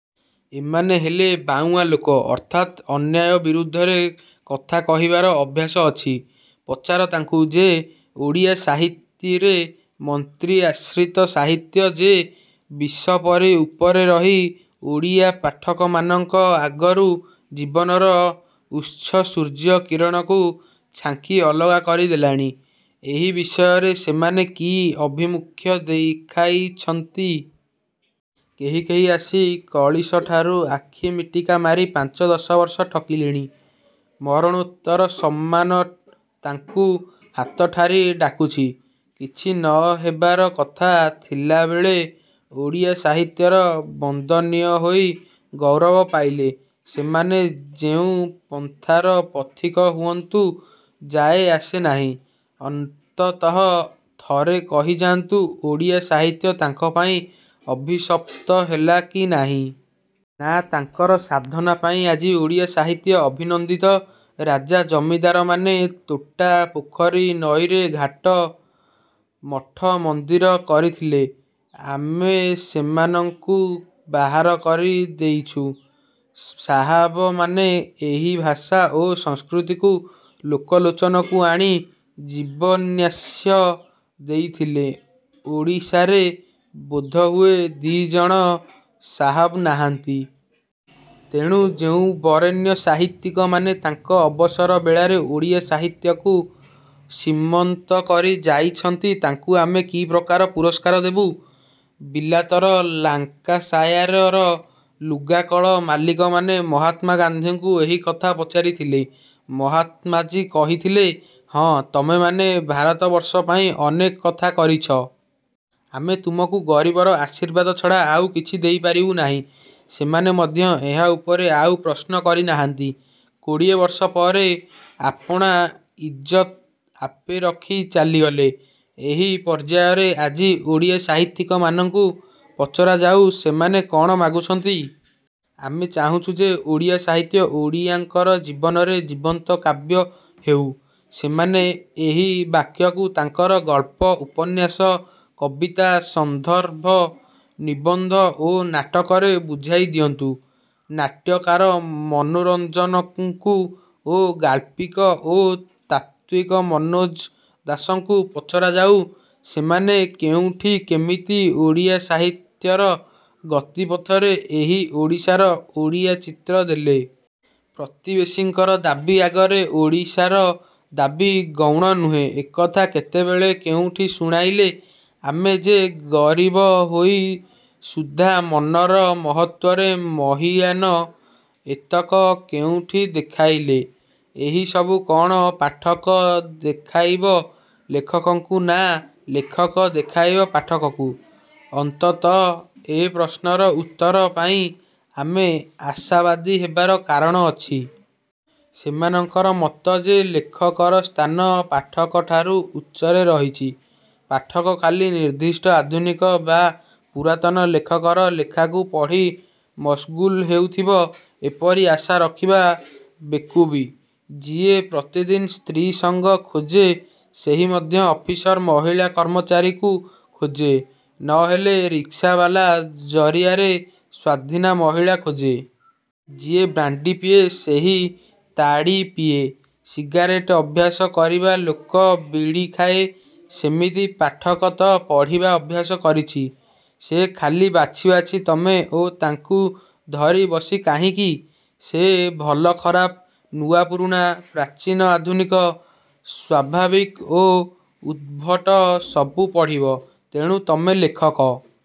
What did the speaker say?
ଏମାନେ ହେଲେ ବାଉଁଆ ଲୋକ-ଅର୍ଥାତ୍ ଅନ୍ୟାୟ ବିରୁଦ୍ଧରେ କଥା କହିବାର ଅଭ୍ୟାସ ଅଛି। ପଚାର ତାଙ୍କୁ ଯେ ଓଡ଼ିଆ ସାହିତ୍ୟିରେ ମନ୍ତ୍ରୀ ଆଶ୍ରିତ ସାହିତ୍ୟ ଯେ ବିଷ ପରି ଉପରେ ରହି ଓଡ଼ିଆ ପାଠକମାନଙ୍କ ଆଗରୁ ଜୀବନର ଉତ୍ସ ସୂର୍ଯ୍ୟ କିରଣକୁ ଢାଙ୍କି ଅଲଗା କରି ଦେଲାଣି-ଏହି ବିଷୟରେ ସେମାନେ କି ଆଭିମୁଖ୍ୟ ଦେଖାଇଛନ୍ତି? କେହି କେହି ଆସି କଳିଷଠାକୁ ଆଖିମିଟିକା ମାରି ପାଞ୍ଚ ଦଶବର୍ଷ ଠକିଲେଣି। ମରଣୋତ୍ତର ସମ୍ମାନ ତାଙ୍କୁ ହାତ ଠାରି ଡାକୁଛି। କିଛି ନ ହେବାର କଥା ଥିଲାବେଳେ ଓଡ଼ିଆ ସାହିତ୍ୟର ବନ୍ଦନୀୟ ହୋଇ ଗୌରବ ପାଇଲେ। ସେମାନେ ଯେଉଁ ପନ୍ଥାର ପଥିକ ହୁଅନ୍ତୁ ଯାଏ ଆସେ ନାହିଁ-ଅନ୍ତତଃ ଥରେ କହିଯାନ୍ତୁ ଓଡ଼ିଆ ସାହିତ୍ୟ ତାଙ୍କପାଇଁ ଅଭିଶପ୍ତ ହେଲା କି ନାହିଁ? ନା, ତାଙ୍କର ସାଧନା ପାଇଁ ଆଜି ଓଡ଼ିଆ ସାହିତ୍ୟ ଅଭିନନ୍ଦିତ? ରାଜା ଜମିଦାରମାନେ ତୋଟା, ପୋଖରୀ, ନଈରେ ଘାଟ, ମଠ ମନ୍ଦିର କରିଥିଲେ। ଆମେ ସେମାନଙ୍କୁ ବାହାର କରି ଦେଇଛୁ। ସାହାବମାନେ ଏହି ଭାଷା ଓ ସଂସ୍କୃତିକୁ ଲୋକଲୋଚନକୁ ଆଣି ଜୀବନ୍ୟାସ ଦେଇଥିଲେ। ଓଡ଼ିଶାରେ ବୋଧହୁଏ ଦି'ଜଣ ସାହାବ ନାହାନ୍ତି-। ତେଣୁ ଯେଉଁ ବରେଣ୍ୟ ସାହିତ୍ୟିକମାନେ ତାଙ୍କର ଅବସର ବେଳାରେ ଓଡ଼ିଆ ସାହିତ୍ୟକୁ ଶ୍ରୀମନ୍ତ କରି ଯାଇଛନ୍ତି ତାଙ୍କୁ ଆମେ କି ପ୍ରକାର ପୁରସ୍କାର ଦେବୁ? ବିଲାତର ଲାଙ୍କାସାୟାରର ଲୁଗାକଳ ମାଲିକମାନେ ମହାତ୍ମା ଗାନ୍ଧୀଙ୍କୁ ଏହି କଥା ପଚାରିଥିଲେ। ମହାତ୍ମାଜୀ କହିଥିଲେ-ହଁ, ତମେମାନେ ଭାରତବର୍ଷ ପାଇଁ ଅନେକ କଥା କରିଛ। ଆମେ ତୁମକୁ ଗରିବର ଆଶୀର୍ବାଦ ଛଡ଼ା ଆଉ କିଛି ଦେଇପାରିବୁ ନାହିଁ। ସେମାନେ ମଧ୍ୟ ଏହା ଉପରେ ଆଉ ପ୍ରଶ୍ନ କରି ନାହାନ୍ତି। କୋଡ଼ିଏବର୍ଷ ପରେ ଆପଣା ଇଜ୍ଜତ ଆପେ ରଖି ଚାଲିଗଲେ। ଏହି ପର୍ଯ୍ୟାୟରେ ଆଜି ଓଡ଼ିଆ ସାହିତ୍ୟିକମାନଙ୍କୁ ପଚରାଯାଉ ସେମାନେ କ'ଣ ମାଗୁଛନ୍ତି? ଆମେ ଚାହୁଁଛୁ ଯେ ଓଡ଼ିଆ ସାହିତ୍ୟ। ଓଡ଼ିଆଙ୍କର ଜୀବନରେ ଜୀବନ୍ତ କାବ୍ୟ ହେଉ। ସେମାନେ ଏହି କାବ୍ୟକୁ ତାଙ୍କର ଗଳ୍ପ, ଉପନ୍ୟାସ, କବିତା, ସନ୍ଦର୍ଭ, ନିବନ୍ଧ ଓ ନାଟକରେ ବୁଝାଇ ଦିଅନ୍ତୁ। ନାଟ୍ୟକାର ମନୋରଞ୍ଜନଙ୍କୁ ଓ ଗାଳ୍ପିକ ଓ ତାତ୍ତ୍ୱିକ ମନୋଜ ଦାସଙ୍କୁ ପଚରାଯାଉ। ସେମାନେ କେଉଁଠି କେମିତି ଓଡ଼ିଆ ସାହିତ୍ୟର ଗତି ପଥରେ ଏହି ଓଡ଼ିଶାର ଓଡ଼ିଆ ଚିତ୍ର ଦେଲେ-। ପ୍ରତିବେଶୀଙ୍କର ଦାବୀ ଆଗରେ ଓଡ଼ିଶାର ଦାବୀ ଗୌଣ ନୁହେଁ-ଏକଥା କେତେବେଳେ କେଉଁଠି ଶୁଣାଇଲେ? ଆମେ ଯେ ଗରିବ ହୋଇ ସୁଦ୍ଧା ମନର ମହତ୍ତ୍ୱରେ ମହୀୟାନ-ଏତକ କେଉଁଠି ଦେଖାଇଲେ? ଏହି ସବୁ କ'ଣ ପାଠକ ଦେଖାଇବ ଲେଖକଙ୍କୁ-ନା, ଲେଖକ ଦେଖାଇବ ପାଠକକୁ? ଅନ୍ତତ ଏଇ ପ୍ରଶ୍ନର ଉତ୍ତର ପାଇଁ ଆମେ ଆଶାବାଦୀ ହେବାର କାରଣ ଅଛି। ସେମାନଙ୍କର ମତ ଯେ ଲେଖକର ସ୍ଥାନ ପାଠକଠାରୁ ଉଚ୍ଚରେ ରହିଛି। ପାଠକ ଖାଲି ନିର୍ଦ୍ଦିଷ୍ଟ ଆଧୁନିକ ବା ପୁରାତନ ଲେଖକର ଲେଖାକୁ ପଢ଼ି ମସଗୁଲ ହେଉଥିବ-ଏପରି ଆଶା ରଖିବା ବେକୁବି। ଯିଏ ପ୍ରତିଦିନ ସ୍ତ୍ରୀ'ସଙ୍ଗ ଖୋଜେ ସେହି ମଧ୍ୟ ଅଫିସର ମହିଳା କର୍ମଚାରୀକୁ ଖୋଜେ ନ ହେଲେ ରିକ୍ସାବାଲା ଜରିଆରେ ସ୍ୱାଧୀନା ମହିଳା ଖୋଜେ। ଯିଏ ବ୍ରାଣ୍ତି ପିଏ ସେହି ତାଡ଼ି ପିଏ। ସିଗାରେଟ୍ ଅଭ୍ୟାସ କରିବା ଲୋକ ବିଡ଼ି ଖାଏ। ସେମିତି ପାଠକ ତ' ପଢ଼ିବା ଅଭ୍ୟାସ କରିଛି-ସେ ଖାଲି ବାଛି ବାଛି ତମେ ଓ ତାଙ୍କୁ ଧରି ବସିବ କାହିଁକି? ସେ ଭଲ ଖରାପ, ନୂଆ ପୂରୁଣା, ପ୍ରାଚୀନ ଆଧୁନିକ, ସ୍ୱାଭାବିକ ଓ ଉଦ୍ଭଟ ସବୁ ପଢ଼ିବ। ତେଣୁ ତମେ ଲେଖକ